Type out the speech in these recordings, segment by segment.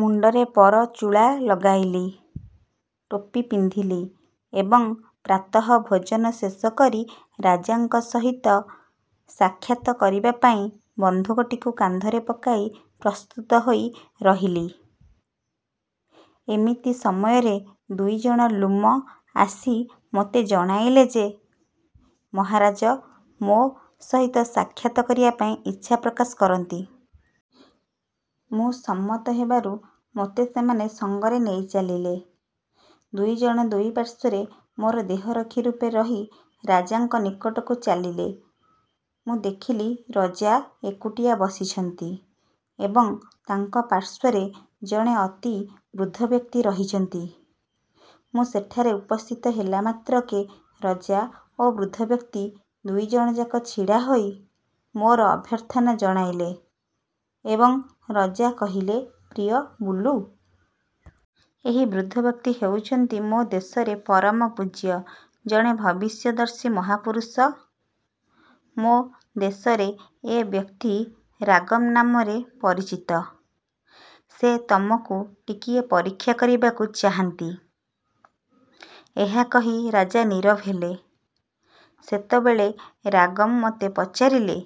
ମୁଣ୍ଡରେ ପରଚୁଳା ଲଗାଇଲି। ଟୋପି ପିନ୍ଧିଲି ଏବଂ ପ୍ରାତଃ ଭୋଜନ ଶେଷ କରି ରାଜାଙ୍କ ସହିତ ସାକ୍ଷାତ କରିବାପାଇଁ ବନ୍ଧୁକଟିକୁ କାନ୍ଧରେ ପକାଇ ପ୍ରସ୍ତୁତ ହୋଇ ରହିଲି। ଏମିତି ସମୟରେ ଦୁଇଜଣ ଲ୍ଲୁମ ଆସି ମୋତେ ଜଣାଇଲେ ଯେ, ମହାରାଜ ମୋ ସହିତ ସାକ୍ଷାତ କରିବାପାଇଁ ଇଚ୍ଛା ପ୍ରକାଶ କରନ୍ତି। ମୁଁ ସମ୍ମତ ହେବାରୁ ମୋତେ ସେମାନେ ସଙ୍ଗରେ ନେଇ ଚାଲିଲେ। ଦୁଇଜଣ ଦୁଇ ପାର୍ଶ୍ୱରେ ମୋର ଦେହରକ୍ଷୀ ରୂପେ ରହି ରାଜାଙ୍କ ନିକଟକୁ ଚାଲିଲେ। ମୁଁ ଦେଖିଲି ରଜା ଏକୁଟିଆ ବସିଛନ୍ତି ଏବଂ ତାଙ୍କ ପାର୍ଶ୍ୱରେ ଜଣେ ଅତି ବୃଦ୍ଧବ୍ୟକ୍ତି ରହିଛନ୍ତି। ମୁଁ ସେଠାରେ ଉପସ୍ଥିତ ହେଲା ମାତ୍ରକେ ରଜା ଓ ବୃଦ୍ଧବ୍ୟକ୍ତି ଦୁଇଜଣଯାକ ଛିଡ଼ା ହୋଇ ମୋର ଅଭ୍ୟର୍ଥନା ଜଣାଇଲେ ଏବଂ ରଜା କହିଲେ, 'ପ୍ରିୟ ବୁଲୁ! ଏହି ବୃଦ୍ଧବ୍ୟକ୍ତି ହେଉଛନ୍ତି ମୋ ଦେଶର ପରମପୂଜ୍ୟ ଜଣେ ଭବିଷ୍ୟଦର୍ଶୀ ମହାପୁରୁଷ। ମୋ ଦେଶରେ ଏ ବ୍ୟକ୍ତି ରାଗମ୍ ନାମରେ ପରିଚିତ। ସେ ତୁମକୁ ଟିକିଏ ପରୀକ୍ଷା କରିବାକୁ ଚାହାନ୍ତି। ' ଏହା କହି ରାଜା ନୀରବ ହେଲେ। ସେତେବେଳେ ରାଗମ୍ ମୋତେ ପଚାରିଲେ,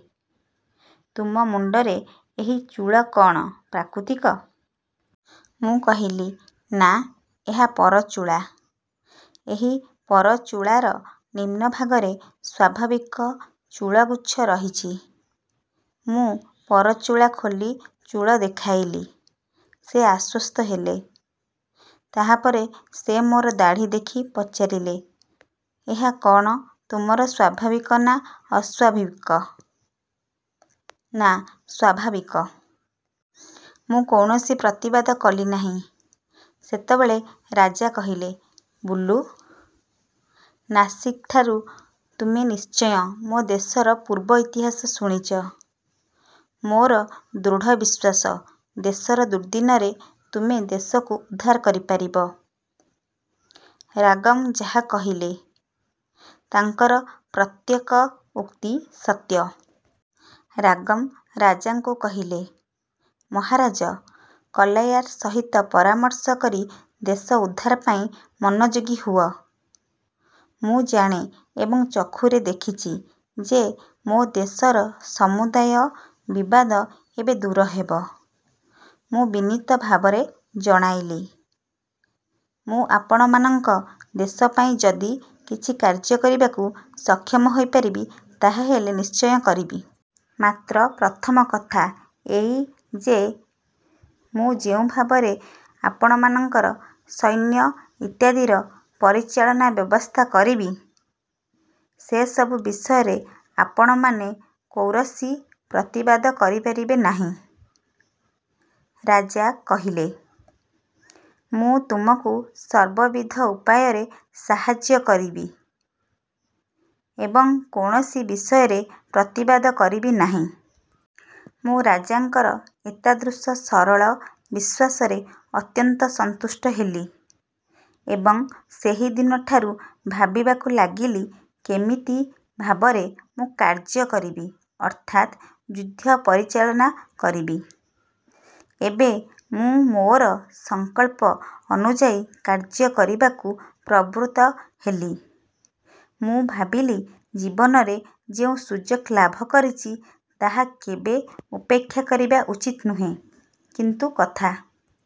ତୁମ ମୁଣ୍ଡରେ ଏହି ଚୂଳ କ'ଣ ପ୍ରାକୃତିକ? ମୁଁ କହିଲି, ନା ଏହା ପରଚୁଳା। ଏହି ପରଚୁଳାର ନିମ୍ନଭାଗରେ ସ୍ୱାଭାବିକ ଚୂଳଗୁଚ୍ଛ ରହିଛି। ମୁଁ ପରଚୁଳା ଖୋଲି ଚୂଳ ଦେଖାଇଲି, ସେ ଆଶ୍ୱସ୍ତ ହେଲେ। ତାହାପରେ ସେ ମୋର ଦାଢ଼ି ଦେଖି ପଚାରିଲେ, ଏହା କ'ଣ ତୁମର ସ୍ୱାଭାବିକ ନା ଅସ୍ୱାଭାବିକ? ନା, ସ୍ୱାଭାବିକ। ମୁଁ କୌଣସି ପ୍ରତିବାଦ କଲି ନାହିଁ। ସେତେବେଳେ ରାଜା କହିଲେ, ''ବୁଲୁ! ନାସିଗ୍ଠାରୁ ତୁମେ ନିଶ୍ଚୟ ମୋ ଦେଶର ପୂର୍ବ ଇତିହାସ ଶୁଣିଛ। ମୋର ଦୃଢ଼ ବିଶ୍ୱାସ, ଦେଶର ଦୁର୍ଦ୍ଦିନରେ ତୁମେ ଦେଶକୁ ଉଦ୍ଧାର କରିପାରିବ। ରାଗମ୍ ଯାହା କହିଲେ, ତାଙ୍କର ପ୍ରତ୍ୟେକ ଉକ୍ତି ସତ୍ୟ। '' ରାଗମ୍ ରାଜାଙ୍କୁ କହିଲେ, ମହାରାଜ! କଲୋୟାର ସହିତ ପରାମର୍ଶ କରି ଦେଶ ଉଦ୍ଧାରପାଇଁ ମନୋଯୋଗୀ ହୁଅ। ମୁଁ ଜାଣେ ଏବଂ ଚକ୍ଷୁରେ ଦେଖିଛି ଯେ ମୋ ଦେଶର ସମୁଦାୟ ବିବାଦ ଏବେ ଦୂର ହେବ। ମୁଁ ବିନୀତ ଭାବରେ ଜଣାଇଲି, ''ମୁଁ ଆପଣମାନଙ୍କ ଦେଶପାଇଁ ଯଦି କିଛି କାର୍ଯ୍ୟ କରିବାକୁ ସକ୍ଷମ ହୋଇପାରିବି ତାହାହେଲେ ନିଶ୍ଚୟ କରିବି। ମାତ୍ର ପ୍ରଥମ କଥା ଏଇ ଯେ, ମୁଁ ଯେଉଁ ଭାବରେ ଆପଣମାନଙ୍କର ସୈନ୍ୟ ଇତ୍ୟାଦିର ପରିଚାଳନାର ବ୍ୟବସ୍ଥା କରିବି, ସେସବୁ ବିଷୟରେ ଆପଣମାନେ କୌରସି ପ୍ରତିବାଦ କରିପାରିବେ ନାହିଁ। ରାଜା କହିଲେ-ମୁଁ ତୁମକୁ ସର୍ବବିଧ ଉପାୟରେ ସାହାଯ୍ୟ କରିବି ଏବଂ କୌଣସି ବିଷୟରେ ପ୍ରତିବାଦ କରିବି ନାହିଁ। ମୁଁ ରାଜାଙ୍କର ଏତାଦୃଶ ସରଳ ବିଶ୍ୱାସରେ ଅତ୍ୟନ୍ତ ସନ୍ତୁଷ୍ଟ ହେଲି ଏବଂ ସେହିଦିନଠାରୁ ଭାବିବାକୁ ଲାଗିଲି କିମିତି ଭାବରେ ମୁଁ କାର୍ଯ୍ୟ କରିବି ଅର୍ଥାତ୍ ଯୁଦ୍ଧ ପରିଚାଳନା କରିବି। ଏବେ ମୁଁ ମୋର ସଂକଳ୍ପ ଅନୁଯାୟୀ କାର୍ଯ୍ୟ କରିବାକୁ ପ୍ରବୃତ୍ତ ହେଲି। ମୁଁ ଭାବିଲି, ଜୀବନରେ ଯେଉଁ ସୁଯୋଗ ଲାଭ କରିଛି, ତାହା କେବେ ଉପେକ୍ଷା କରିବା ଉଚିତ ନୁହେଁ। କିନ୍ତୁ କଥା